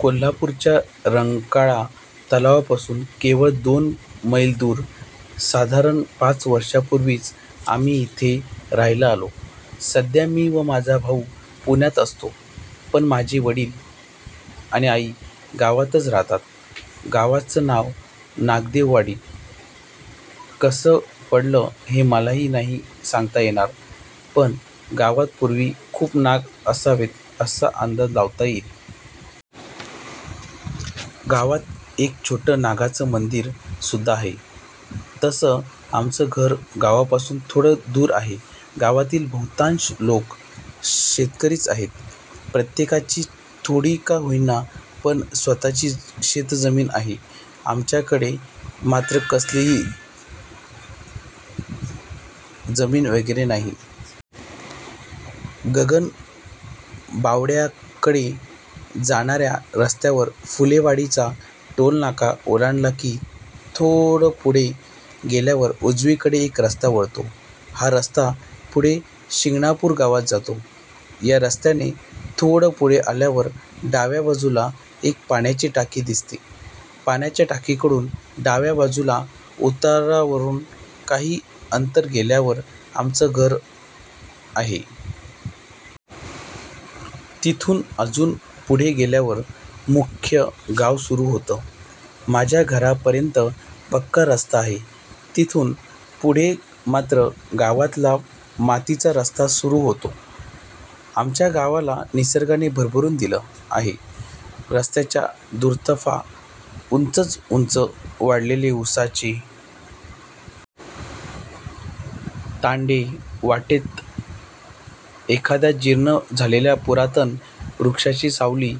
कोल्हापूरच्या रंकाळा तलावापासून केवळ दोन मैल दूर. साधारण पाच वर्षांपूर्वीच आम्ही इथे राहायला आलो. सध्या मी व माझा भाऊ पुण्यात असतो पण माझे आई वडील गावातच राहतात. गावाचं नाव नागदेववाडी कसं पडलं हे मलाही नाही सांगता येणार पण गावात पूर्वी खूप नाग असावेत असा अंदाज लावता येईल. गावात एक छोटं नागाचं मंदिर सुद्धा आहे. तसं आमचं घर गावापासून थोडं दूर आहे. गावातील बहुतांश लोक शेतकरीच आहेत. प्रत्येकाची थोडी का होईना पण स्वतःची शेतजमीन आहे. आमच्याकडे मात्र कसली जमीन वगैरे नाही. गगनबावड्याकडे जाणाऱ्या रस्त्यावर फुलेवाडीचा टोलनाका ओलांडला की थोडं पुढे गेल्यावर उजवीकडे एक रस्ता वळतो. हा रस्ता पुढे शिंगणापूर गावात जातो. या रस्त्याने थोडं पुढे आल्यावर डाव्या बाजूला एक पाण्याची टाकी दिसते. पाण्याच्या टाकीकडून डाव्याबाजूला उतारावरून काही अंतर गेल्यावर आमचं घर आहे. तिथून अजून पुढे गेल्यावर मुख्य गाव सुरू होतं. माझ्या घरापर्यंत पक्का रस्ता आहे. तिथून पुढे मात्र गावातला मातीचा रस्ता सुरू होतो. आमच्या गावाला निसर्गाने भरभरून दिलं आहे. रस्त्याच्या दुतर्फा उंचच उंच वाढलेले उसाचे तांडे, वाटेत एखाद्या जीर्ण झालेल्या पुरातन वृक्षाची सावली,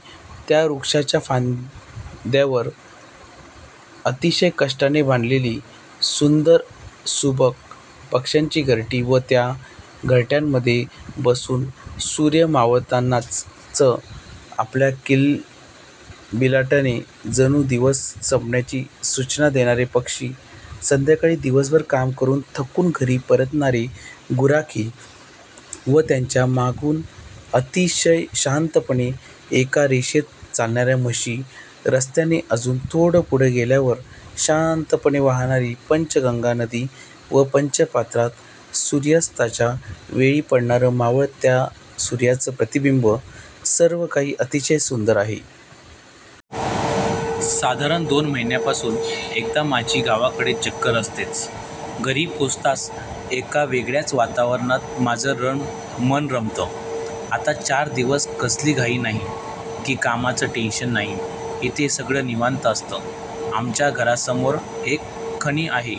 त्या वृक्षाच्या फांद्यांवर अतिशय कष्टाने बांधलेली सुंदर, सुबक पक्ष्यांची घरटी व त्या घरट्यांमध्ये बसून सूर्य मावळताच आपल्या किलबिलाटाने जणू दिवस संपल्याची सूचना देणारे पक्षी, संध्याकाळी दिवसभर काम करून थकून घरी परतणारे गुराखी व त्यांच्या मागून अतिशय शांतपणे एका रेषेत चालणाऱ्या म्हशी, रस्त्याने अजून थोडं पुढे गेल्यावर शांतपणे वाहणारी पंचगंगा नदी व नदीपात्रात सूर्यास्ताच्या वेळी पडणारं मावळत्या सूर्याचं प्रतिबिंब, सर्वकाही अतिशय सुंदर आहे. साधारण दोन महिन्यातून एकदा माझी गावाकडे चक्कर असतेच. घरी पोहोचताच एका वेगळ्याच वातावरणात माझं मन रमतं. आता चार दिवस कसली घाई नाही की कामाचं टेन्शन नाही. इथे सगळं निवांत असतं. आमच्या घरासमोर एक खणी आहे.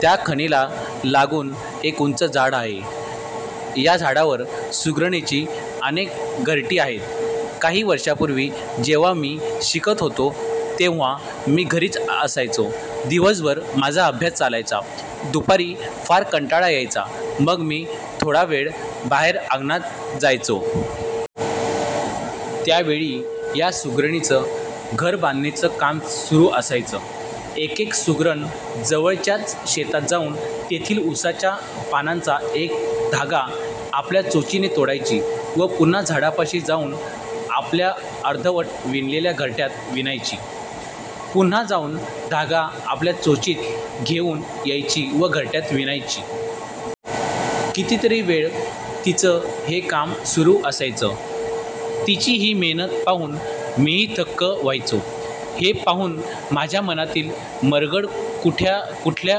त्या खणीला लागून एक उंच झाड आहे. या झाडावर सुग्रणीची अनेक घरटी आहेत. काही वर्षांपूर्वी जेव्हा मी शिकत होतो तेव्हा मी घरीच असायचो. दिवसभर माझा अभ्यास चालायला. दुपारी फार कंटाळा यायचा मग मी थोडा वेळ बाहेर अंगणात जायचो. त्यावेळी या सुग्रणींचं घरबांधणीच काम सुरू असायचं. एकेक सुगरण जवळच्याच शेतात जाऊन तेथील उसाच्या पानाचा एक धागा आपल्या चोचीने तोडायची व पुन्हा झाडापाशी जाऊन आपल्या अर्धवट विणलेल्या घरट्यात विणायची. पुन्हा जाऊन धागा आपल्या चोचीत घेऊन यायची व घरट्यात विणायची. कितीतरी वेळ तिचं हे काम सुरू असायचं. तिची ही मेहनत पाहून मीही थक्क व्हायचो. हे पाहून माझ्या मनातील मरगळ कुठल्याकुठे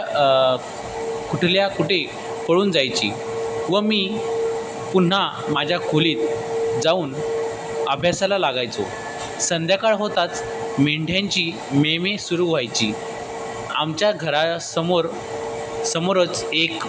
पळून जायची व मी पुन्हा माझ्या खोलीत जाऊन अभ्यासाला लागायचो. संध्याकाळ होताच मेंढ्यांची मेमे सुरू व्हायची. आमच्या घरासमोरच एक